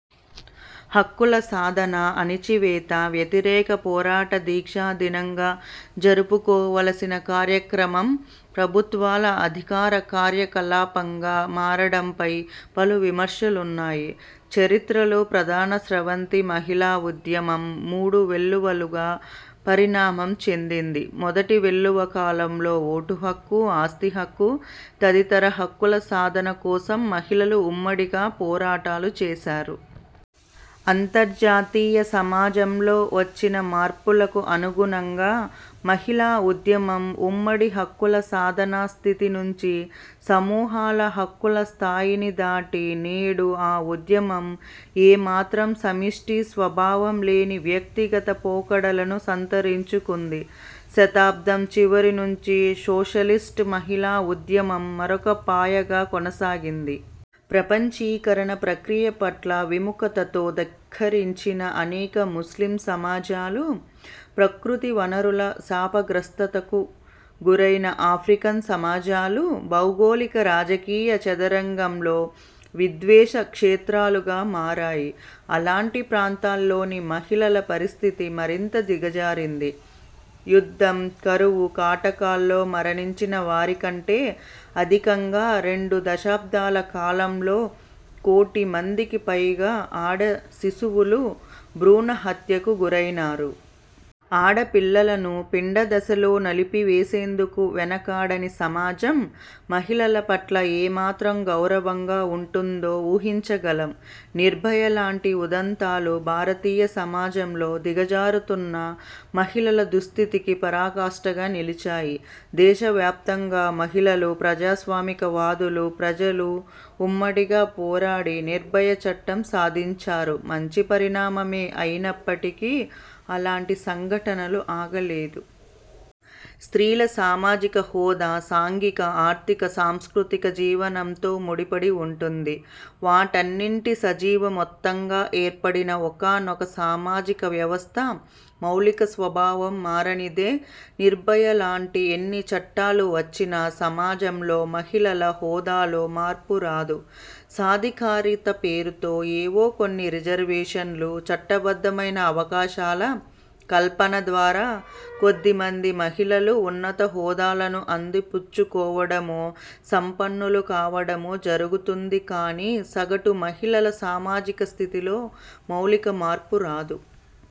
హక్కుల సాధన, అణచివేత వ్యతిరేక పోరాట దీక్షా దినంగా జరుపుకోవలసిన కార్యక్రమం ప్రభుత్వాల అధికార కార్యకలాపంగా మారడంపై పలు విమర్శలున్నాయి. చరిత్రలో ప్రధాన స్రవంతి మహిళా ఉద్యమం మూడు వెల్లువలుగా పరిణామం చెందింది. మొదటి వెల్లువ కాలంలో ఓటు హక్కు, ఆస్తి హక్కు తదితర హక్కుల సాధన కోసం మహిళలు ఉమ్మడిగా పోరాటాలు చేశారు. అంతర్జాతీయ సమాజంలో వచ్చిన మార్పులకు అనుగుణంగా మహిళా ఉద్యమం ఉమ్మడి హక్కుల సాధన స్థితి నుంచి సమూహాల హక్కుల స్థాయిని దాటి, నేడు ఆ ఉద్యమం ఏ మాత్రం సమిష్టి స్వభావం లేని వ్యక్తిగత పోకడలను సంతరించుకుంది. శతాబ్దం చివరి నుంచి సోషలిస్టు మహిళా ఉద్యమం మరొక పాయగా కొనసాగింది. ప్రపంచీకరణ ప్రక్రియ పట్ల విముఖతతో ధిక్కరించిన అనేక ముస్లిం సమాజాలు, ప్రకృతి వనరుల శాపగ్రస్తతకు గురైన ఆఫ్రికన్ సమాజాలు భౌగోళిక రాజకీయ చదరంగంలో విద్వేష క్షేత్రాలుగా మారాయి. అలాంటి ప్రాంతాల్లోని మహిళల పరిస్థితి మరింతగా దిగజారింది. యుద్ధం, కరువు కాటకాల్లో మరణించిన వారికంటే అధికంగా రెండు దశాబ్దాలకాలంలో కోటిమందికి పైగా ఆడశిశువులు భ్రూణ హత్యకు గురైనారు. ఆడపిల్లలను పిండదశలో నలిపివేసేందుకు వెనకాడని సమాజం మహిళల పట్ల ఏమాత్రం గౌరవంగా ఉంటుందో ఊహించగలం. నిర్భయ లాంటి ఉదంతాలు భారతీయ సమాజంలో దిగజారుతున్న మహిళల దుస్థితికి పరాకాష్ఠగా నిలిచాయి. దేశవ్యాప్తంగా మహిళలు, ప్రజాస్వామికవాదులు, ప్రజలు ఉమ్మడిగా పోరాడి నిర్భయ చట్టం సాధించారు. మంచి పరిణామమే అయినప్పటికీ, అలాంటి సంఘటనలు ఆగలేదు. స్త్రీల సామాజిక హోదా సాంఘిక, ఆర్థిక, సాంస్కృతిక జీవనంతో ముడిపడి ఉంటుంది. వాటన్నింటి సజీవ మొత్తంగా ఏర్పడిన ఒకానొక సామాజిక వ్యవస్థ మౌలిక స్వభావం మారనిదే నిర్భయలాంటి ఎన్ని చట్టాలు వచ్చినా సమాజంలో మహిళల హోదాలో మార్పురాదు. సాధికారిత పేరుతో ఏవో కొన్ని రిజర్వేషన్లు, చట్టబద్ధమైన అవకాశాల కల్పన ద్వారా కొద్దిమంది మహిళలు ఉన్నత హోదాలను అందిపుచ్చుకోవడమో, సంపన్నులు కావడమో జరుగుతుంది కానీ, సగటు మహిళల సామాజిక స్థితిలో మౌలిక మార్పు రాదు.